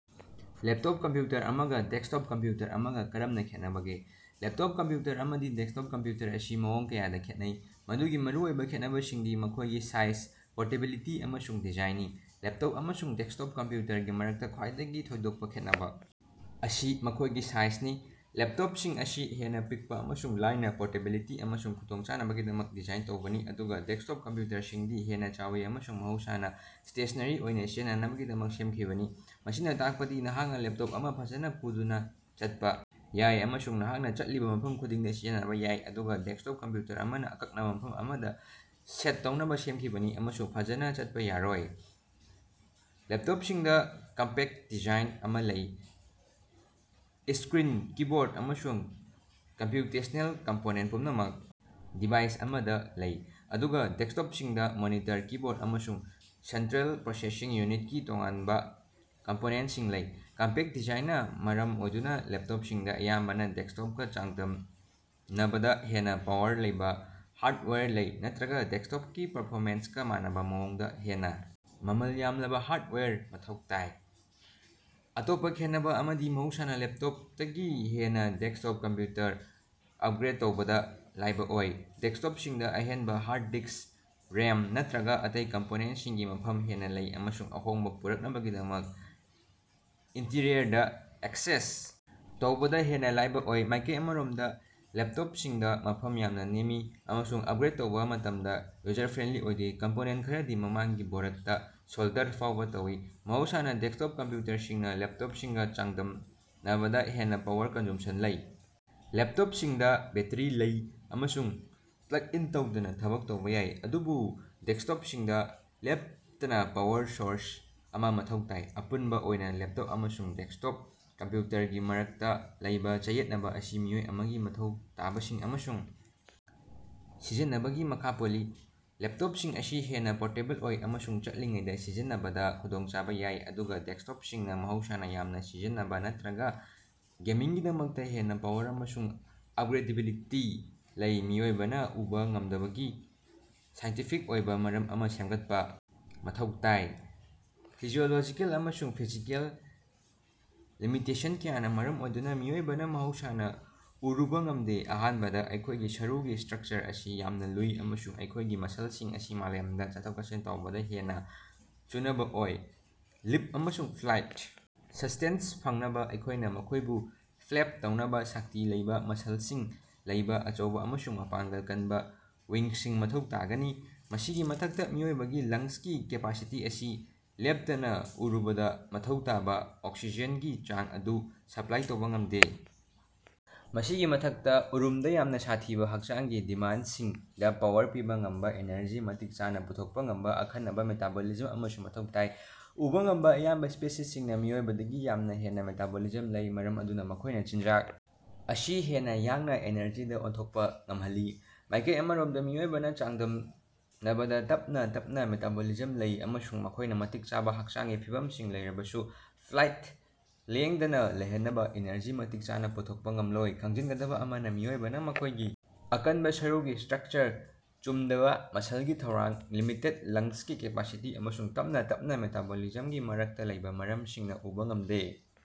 Laptop computer ꯑꯃꯒꯥ desktop computer ꯑꯃꯒꯥ ꯀꯔꯝꯅꯥ ꯈꯦꯠꯅꯕꯒꯦ? ꯂꯦꯞꯇꯣꯞ ꯀꯝꯄ꯭ꯌꯨꯇꯔ ꯑꯃꯗꯤ ꯗꯦꯛꯁꯇꯣꯞ ꯀꯝꯄ꯭ꯌꯨꯇꯔ ꯑꯁꯤ ꯃꯑꯣꯡ ꯀꯌꯥꯗꯥ ꯈꯦꯠꯅꯩ, ꯃꯗꯨꯒꯤ ꯃꯔꯨꯑꯣꯏꯕꯥ ꯈꯦꯠꯅꯕꯁꯤꯡꯗꯤ ꯃꯈꯣꯏꯒꯤ ꯁꯥꯏꯖ, ꯄꯣꯔꯇꯦꯕꯤꯂꯤꯇꯤ ꯑꯃꯁꯨꯡ ꯗꯤꯖꯥꯏꯟꯅꯤ꯫ ꯂꯦꯞꯇꯣꯞ ꯑꯃꯁꯨꯡ ꯗꯦꯛꯁꯇꯣꯞ ꯀꯝꯄ꯭ꯌꯨꯇꯔꯒꯤ ꯃꯔꯛꯇꯥ ꯈ꯭ꯋꯥꯏꯗꯒꯤ ꯊꯣꯏꯗꯣꯛꯄꯥ ꯈꯦꯠꯅꯕꯥ ꯑꯁꯤ ꯃꯈꯣꯏꯒꯤ ꯁꯥꯏꯖꯅꯤ꯫ ꯂꯦꯞꯇꯣꯞꯁꯤꯡ ꯑꯁꯤ ꯍꯦꯟꯅꯥ ꯄꯤꯛꯄꯥ ꯑꯃꯁꯨꯡ ꯂꯥꯏꯅꯥ, ꯄꯣꯔꯇꯦꯕꯤꯂꯤꯇꯤ ꯑꯃꯁꯨꯡ ꯈꯨꯗꯣꯡꯆꯥꯅꯕꯒꯤꯗꯃꯛ ꯗꯤꯖꯥꯏꯟ ꯇꯧꯕꯅꯤ, ꯑꯗꯨꯒꯥ ꯗꯦꯛꯁꯇꯣꯞ ꯀꯝꯄ꯭ꯌꯨꯇꯔꯁꯤꯡꯗꯤ ꯍꯦꯟꯅꯥ ꯆꯥꯎꯏ ꯑꯃꯁꯨꯡ ꯃꯍꯧꯁꯥꯅꯥ ꯁ꯭ꯇꯦꯁꯅꯦꯔꯤ ꯑꯣꯏꯅꯥ ꯁꯤꯖꯤꯟꯅꯅꯕꯒꯤꯗꯃꯛ ꯁꯦꯝꯈꯤꯕꯅꯤ꯫ ꯃꯁꯤꯅꯥ ꯇꯥꯛꯄꯗꯤ ꯅꯍꯥꯛꯅꯥ ꯂꯦꯞꯇꯣꯞ ꯑꯃꯥ ꯐꯖꯅꯥ ꯄꯨꯗꯨꯅꯥ ꯆꯠꯄꯥ ꯌꯥꯏ ꯑꯃꯁꯨꯡ ꯅꯍꯥꯛꯅꯥ ꯆꯠꯂꯤꯕꯥ ꯃꯐꯝ ꯈꯨꯗꯤꯡꯗꯥ ꯁꯤꯖꯤꯟꯅꯕꯥ ꯌꯥꯏ, ꯑꯗꯨꯒꯥ ꯗꯦꯛꯁꯇꯣꯞ ꯀꯝꯄ꯭ꯌꯨꯇꯔ ꯑꯃꯅꯥ ꯑꯀꯛꯅꯕꯥ ꯃꯐꯝ ꯑꯃꯗꯥ ꯁꯦꯠ ꯇꯧꯅꯕꯥ ꯁꯦꯝꯈꯤꯕꯅꯤ ꯑꯃꯁꯨꯡ ꯐꯖꯅꯥ ꯆꯠꯄꯥ ꯌꯥꯔꯣꯏ꯫ ꯂꯦꯞꯇꯣꯞꯁꯤꯡꯗꯥ ꯀꯝꯄꯦꯛ ꯗꯤꯖꯥꯏꯟ ꯑꯃꯥ ꯂꯩ, ꯏꯁꯀ꯭ꯔꯤꯟ, ꯀꯤꯕꯣꯔꯠ ꯑꯃꯁꯨꯡ ꯀꯝꯄ꯭ꯌꯨꯇꯦꯁꯅꯦꯜ ꯀꯝꯄꯣꯅꯦꯟ ꯄꯨꯝꯅꯃꯛ ꯗꯤꯚꯥꯏꯁ ꯑꯃꯗꯥ ꯂꯩ, ꯑꯗꯨꯒꯥ ꯗꯦꯛꯁꯇꯣꯞꯁꯤꯡꯗꯥ ꯃꯣꯅꯤꯇꯔ, ꯀꯤꯕꯣꯔꯠ ꯑꯃꯁꯨꯡ ꯁꯦꯟꯇ꯭ꯔꯦꯜ ꯄ꯭ꯔꯣꯁꯦꯁꯤꯡ ꯌꯨꯅꯤꯠꯀꯤ ꯇꯣꯉꯥꯟꯕꯥ ꯀꯝꯄꯣꯅꯦꯟꯁꯤꯡ ꯂꯩ꯫ ꯀꯝꯄꯦꯛ ꯗꯤꯖꯥꯏꯟꯅꯥ ꯃꯔꯝ ꯑꯣꯏꯗꯨꯅꯥ, ꯂꯦꯞꯇꯣꯞꯁꯤꯡꯗꯥ ꯑꯌꯥꯝꯕꯅꯥ ꯗꯦꯛꯁꯇꯣꯞꯀꯥ ꯆꯥꯡꯗꯝꯅꯕꯗꯥ ꯍꯦꯟꯅꯥ ꯄꯥꯋꯔ ꯂꯩꯕꯥ ꯍꯥꯔꯠꯋꯥꯌꯔ ꯂꯩ, ꯅꯠꯇ꯭ꯔꯒꯥ ꯗꯦꯛꯁꯇꯣꯞꯀꯤ ꯄꯔꯐꯣꯃꯦꯟꯁꯀꯥ ꯃꯥꯟꯅꯕꯥ ꯃꯑꯣꯡꯗꯥ ꯍꯦꯟꯅꯥ ꯃꯃꯜ ꯌꯥꯝꯂꯕꯥ ꯍꯥꯔꯠꯋꯥꯌꯔ ꯃꯊꯧ ꯇꯥꯏ꯫ ꯑꯇꯣꯞꯄꯥ ꯈꯦꯟꯅꯕꯥ ꯑꯃꯗꯤ ꯃꯍꯧꯁꯥꯅꯥ ꯂꯦꯞꯇꯣꯞꯇꯒꯤ ꯍꯦꯟꯅꯥ ꯗꯦꯛꯁꯇꯣꯞ ꯀꯝꯄ꯭ꯌꯨꯇꯔ ꯑꯞꯒ꯭ꯔꯦꯠ ꯇꯧꯕꯗꯥ ꯂꯥꯏꯕꯥ ꯑꯣꯏ꯫ ꯗꯦꯛꯁꯇꯣꯞꯁꯤꯡꯗꯥ ꯑꯍꯦꯟꯕꯥ ꯍꯥꯔꯠ ꯗꯤꯛꯁ, ꯔꯦꯝ, ꯅꯠꯇ꯭ꯔꯒꯥ ꯑꯇꯩ ꯀꯝꯄꯣꯅꯦꯟꯇꯁꯤꯡꯒꯤ ꯃꯐꯝ ꯍꯦꯟꯅꯥ ꯂꯩ ꯑꯃꯁꯨꯡ ꯑꯍꯣꯡꯕꯥ ꯄꯨꯔꯛꯅꯕꯒꯤꯗꯃꯛ ꯏꯟꯇꯤꯔꯤꯌꯔꯗꯥ ꯑꯦꯛꯁꯦꯁ ꯇꯧꯕꯗꯥ ꯍꯦꯟꯅꯥ ꯂꯥꯏꯕꯥ ꯑꯣꯏ꯫ ꯃꯥꯏꯀꯩ ꯑꯃꯔꯣꯝꯗꯥ ꯂꯦꯞꯇꯣꯞꯁꯤꯡꯗꯥ ꯃꯐꯝ ꯌꯥꯝꯅꯥ ꯅꯦꯝꯃꯤ ꯑꯃꯁꯨꯡ ꯑꯞꯒ꯭ꯔꯦꯠ ꯇꯧꯕꯥ ꯃꯇꯝꯗꯥ ꯌꯨꯖꯔ ꯐ꯭ꯔꯦꯟꯂꯤ ꯑꯣꯏꯗꯦ, ꯀꯝꯄꯣꯅꯦꯟ ꯈꯔꯗꯤ ꯃꯃꯥꯡꯒꯤ ꯕꯣꯔꯠꯇꯥ ꯁꯣꯜꯗꯔ ꯐꯥꯎꯕꯥ ꯇꯧꯏ꯫ ꯃꯍꯧꯁꯥꯅꯥ ꯗꯦꯛꯁꯇꯣꯞ ꯀꯝꯄ꯭ꯌꯨꯇꯔꯁꯤꯡꯅꯥ ꯂꯦꯞꯇꯣꯞꯁꯤꯡꯒꯥ ꯆꯥꯡꯗꯝꯅꯕꯗꯥ ꯍꯦꯟꯅꯥ ꯄꯥꯋꯔ ꯀꯟꯖꯨꯝꯁꯟ ꯂꯩ꯫ ꯂꯦꯞꯇꯣꯞꯁꯤꯡꯗꯥ ꯕꯦꯠꯇꯔꯤ ꯂꯩ ꯑꯃꯁꯨꯡ ꯄ꯭ꯂꯛ ꯏꯟ ꯇꯧꯗꯅꯥ ꯊꯕꯛ ꯇꯧꯕꯥ ꯌꯥꯏ, ꯑꯗꯨꯕꯨ ꯗꯦꯛꯁꯇꯣꯞꯁꯤꯡꯗꯥ ꯂꯦꯞꯇꯅꯥ ꯄꯥꯋꯔ ꯁꯣꯔꯁ ꯑꯃꯥ ꯃꯊꯧ ꯇꯥꯏ꯫ ꯑꯄꯨꯟꯕꯥ ꯑꯣꯏꯅꯥ ꯂꯦꯞꯇꯣꯞ ꯑꯃꯁꯨꯡ ꯗꯦꯛꯁꯇꯣꯞ ꯀꯝꯄ꯭ꯌꯨꯇꯔꯒꯤ ꯃꯔꯛꯇꯥ ꯂꯩꯕꯥ ꯆꯌꯦꯠꯅꯕꯥ ꯑꯁꯤ ꯃꯤꯑꯣꯏ ꯑꯃꯒꯤ ꯃꯊꯧ ꯇꯥꯕꯁꯤꯡ ꯑꯃꯁꯨꯡ ꯁꯤꯖꯤꯟꯅꯕꯒꯤ ꯃꯈꯥ ꯄꯣꯜꯂꯤ꯫ ꯂꯦꯞꯇꯣꯞꯁꯤꯡ ꯑꯁꯤ ꯍꯦꯟꯅꯥ ꯄꯣꯔꯇꯦꯕꯜ ꯑꯣꯏ ꯑꯃꯁꯨꯡ ꯆꯠꯂꯤꯉꯩꯗꯥ ꯁꯤꯖꯤꯟꯅꯕꯗꯥ ꯈꯨꯗꯣꯡꯆꯥꯕꯥ ꯌꯥꯏ, ꯑꯗꯨꯒꯥ ꯗꯦꯛꯁꯇꯣꯞꯁꯤꯡꯅꯥ ꯃꯍꯧꯁꯥꯅꯥ ꯌꯥꯝꯅꯥ ꯁꯤꯖꯤꯟꯅꯕꯥ ꯅꯠꯇ꯭ꯔꯒꯥ ꯒꯦꯃꯤꯡꯒꯤꯗꯃꯛꯇꯥ ꯍꯦꯟꯅꯥ ꯄꯥꯋꯔ ꯑꯃꯁꯨꯡ ꯑꯞꯒ꯭ꯔꯦꯗꯦꯕꯤꯂꯤꯇꯤ ꯂꯩ꯫ ꯃꯤꯑꯣꯏꯕꯅꯥ ꯎꯕꯥ ꯉꯝꯗꯕꯒꯤ ꯁꯥꯏꯟꯇꯤꯐꯤꯛ ꯑꯣꯏꯕꯥ ꯃꯔꯝ ꯑꯃꯥ ꯁꯦꯝꯒꯠꯄꯥ ꯃꯊꯧ ꯇꯥꯏ꯫ ꯐꯤꯖꯤꯑꯣꯂꯣꯖꯤꯀꯦꯜ ꯑꯃꯁꯨꯡ ꯐꯤꯖꯤꯀꯦꯜ ꯂꯤꯃꯤꯇꯦꯁꯟ ꯀꯌꯥꯅꯥ ꯃꯔꯝ ꯑꯣꯏꯗꯨꯅꯥ ꯃꯤꯑꯣꯏꯕꯅꯥ ꯃꯍꯧꯁꯥꯅꯥ ꯎꯔꯨꯕꯥ ꯉꯝꯗꯦ꯫ ꯑꯍꯥꯟꯕꯗꯥ, ꯑꯩꯈꯣꯏꯒꯤ ꯁꯔꯨꯒꯤ ꯏꯁꯇ꯭ꯔꯛꯆꯔ ꯑꯁꯤ ꯌꯥꯝꯅꯥ ꯂꯨꯏ ꯑꯃꯁꯨꯡ ꯑꯩꯈꯣꯏꯒꯤ ꯃꯁꯜꯁꯤꯡ ꯑꯁꯤ ꯃꯥꯂꯦꯝꯗꯥ ꯆꯠꯊꯣꯛ-ꯆꯠꯁꯤꯟ ꯇꯧꯕꯗꯥ ꯍꯦꯟꯅꯥ ꯆꯨꯅꯕꯥ ꯑꯣꯏ꯫ ꯂꯤꯞ ꯑꯃꯁꯨꯡ ꯐ꯭ꯂꯥꯏꯠ ꯁꯁ꯭ꯇꯦꯟꯁ ꯐꯪꯅꯕꯥ ꯑꯩꯈꯣꯏꯅꯥ ꯃꯈꯣꯏꯕꯨ ꯐ꯭ꯂꯦꯞ ꯇꯧꯅꯕꯥ ꯁꯛꯇꯤ ꯂꯩꯕꯥ ꯃꯁꯜꯁꯤꯡ ꯂꯩꯕꯥ ꯑꯆꯧꯕꯥ ꯑꯃꯁꯨꯡ ꯃꯄꯥꯡꯒꯜ ꯀꯟꯕꯥ ꯋꯤꯡꯁꯤꯡ ꯃꯊꯧ ꯇꯥꯒꯅꯤ꯫ ꯃꯁꯤꯒꯤ ꯃꯊꯛꯇꯥ, ꯃꯤꯑꯣꯏꯕꯒꯤ ꯂꯪꯁꯀꯤ ꯀꯦꯄꯥꯁꯤꯇꯤ ꯑꯁꯤ ꯂꯦꯞꯇꯅꯥ ꯎꯔꯨꯕꯗꯥ ꯃꯊꯧ ꯇꯥꯕꯥ ꯑꯣꯛꯁꯤꯖꯦꯟꯒꯤ ꯆꯥꯡ ꯑꯗꯨ ꯁꯄ꯭ꯂꯥꯏ ꯇꯧꯕꯥ ꯉꯝꯗꯦ꯫ ꯃꯁꯤꯒꯤ ꯃꯊꯛꯇꯥ, ꯎꯔꯨꯝꯗꯥ ꯌꯥꯝꯅꯥ ꯁꯥꯊꯤꯕꯥ ꯍꯛꯆꯥꯡꯒꯤ ꯗꯤꯃꯥꯟꯗꯁꯤꯡꯗꯥ ꯄꯥꯋꯔ ꯄꯤꯕꯥ ꯉꯝꯕꯥ ꯑꯦꯅꯔꯖꯤ ꯃꯇꯤꯛ ꯆꯥꯅꯥ ꯄꯨꯊꯣꯛꯄꯥ ꯉꯝꯕꯥ ꯑꯈꯟꯅꯕꯥ ꯃꯦꯇꯥꯕꯣꯂꯤꯖꯝ ꯑꯃꯁꯨ ꯃꯊꯧ ꯇꯥꯏ꯫ ꯎꯕꯥ ꯉꯝꯕꯥ ꯑꯌꯥꯝꯕꯥ ꯁ꯭ꯄꯦꯁꯤꯁꯁꯤꯡꯅꯥ ꯃꯤꯑꯣꯏꯕꯗꯒꯤ ꯌꯥꯝꯅꯥ ꯍꯦꯟꯅꯥ ꯃꯦꯇꯥꯕꯣꯂꯤꯖꯝ ꯂꯩ, ꯃꯔꯝ ꯑꯗꯨꯅꯥ ꯃꯈꯣꯏꯅꯥ ꯆꯤꯟꯖꯥꯛ ꯑꯁꯤ ꯍꯦꯟꯅꯥ ꯌꯥꯡꯅꯥ ꯑꯦꯅꯔꯖꯤꯗꯥ ꯑꯣꯟꯊꯣꯛꯄꯥ ꯉꯝꯍꯜꯂꯤ꯫ ꯃꯥꯏꯀꯩ ꯑꯃꯔꯣꯝꯗꯥ ꯃꯤꯑꯣꯏꯕꯅꯥ ꯆꯥꯡꯗꯝꯅꯕꯗꯥ ꯇꯞꯅꯥ ꯇꯞꯅꯥ ꯃꯦꯇꯥꯕꯣꯂꯤꯖꯝ ꯂꯩ ꯑꯃꯁꯨꯡ ꯃꯈꯣꯏꯅꯥ ꯃꯇꯤꯛ ꯆꯥꯕꯥ ꯍꯛꯆꯥꯡꯒꯤ ꯐꯤꯕꯝꯁꯤꯡ ꯂꯩꯔꯕꯁꯨ ꯐ꯭ꯂꯥꯏꯠ ꯂꯦꯡꯗꯅꯥ ꯂꯩꯍꯟꯅꯕꯥ ꯏꯅꯔꯖꯤ ꯃꯇꯤꯛ ꯆꯥꯅꯥ ꯄꯨꯊꯣꯛꯄꯥ ꯉꯝꯂꯣꯏ꯫ ꯈꯪꯖꯤꯟꯒꯗꯕꯥ ꯑꯃꯅꯥ, ꯃꯤꯑꯣꯏꯕꯅꯥ ꯃꯈꯣꯏꯒꯤ ꯑꯀꯟꯕꯥ ꯁꯔꯨꯒꯤ ꯏꯁꯇ꯭ꯔꯛꯆꯔ, ꯆꯨꯝꯗꯕꯥ ꯃꯁꯜꯒꯤ ꯊꯧꯔꯥꯡ, ꯂꯤꯃꯤꯇꯦꯠ ꯂꯪꯁꯀꯤ ꯀꯦꯄꯥꯁꯤꯇꯤ ꯑꯃꯁꯨꯡ ꯇꯞꯅꯥ ꯇꯞꯅꯥ ꯃꯦꯇꯥꯕꯣꯂꯤꯖꯝꯒꯤ ꯃꯔꯛꯇꯥ ꯂꯩꯕꯥ ꯃꯔꯝꯁꯤꯡꯅꯥ ꯎꯕꯥ ꯉꯝꯗꯦ꯫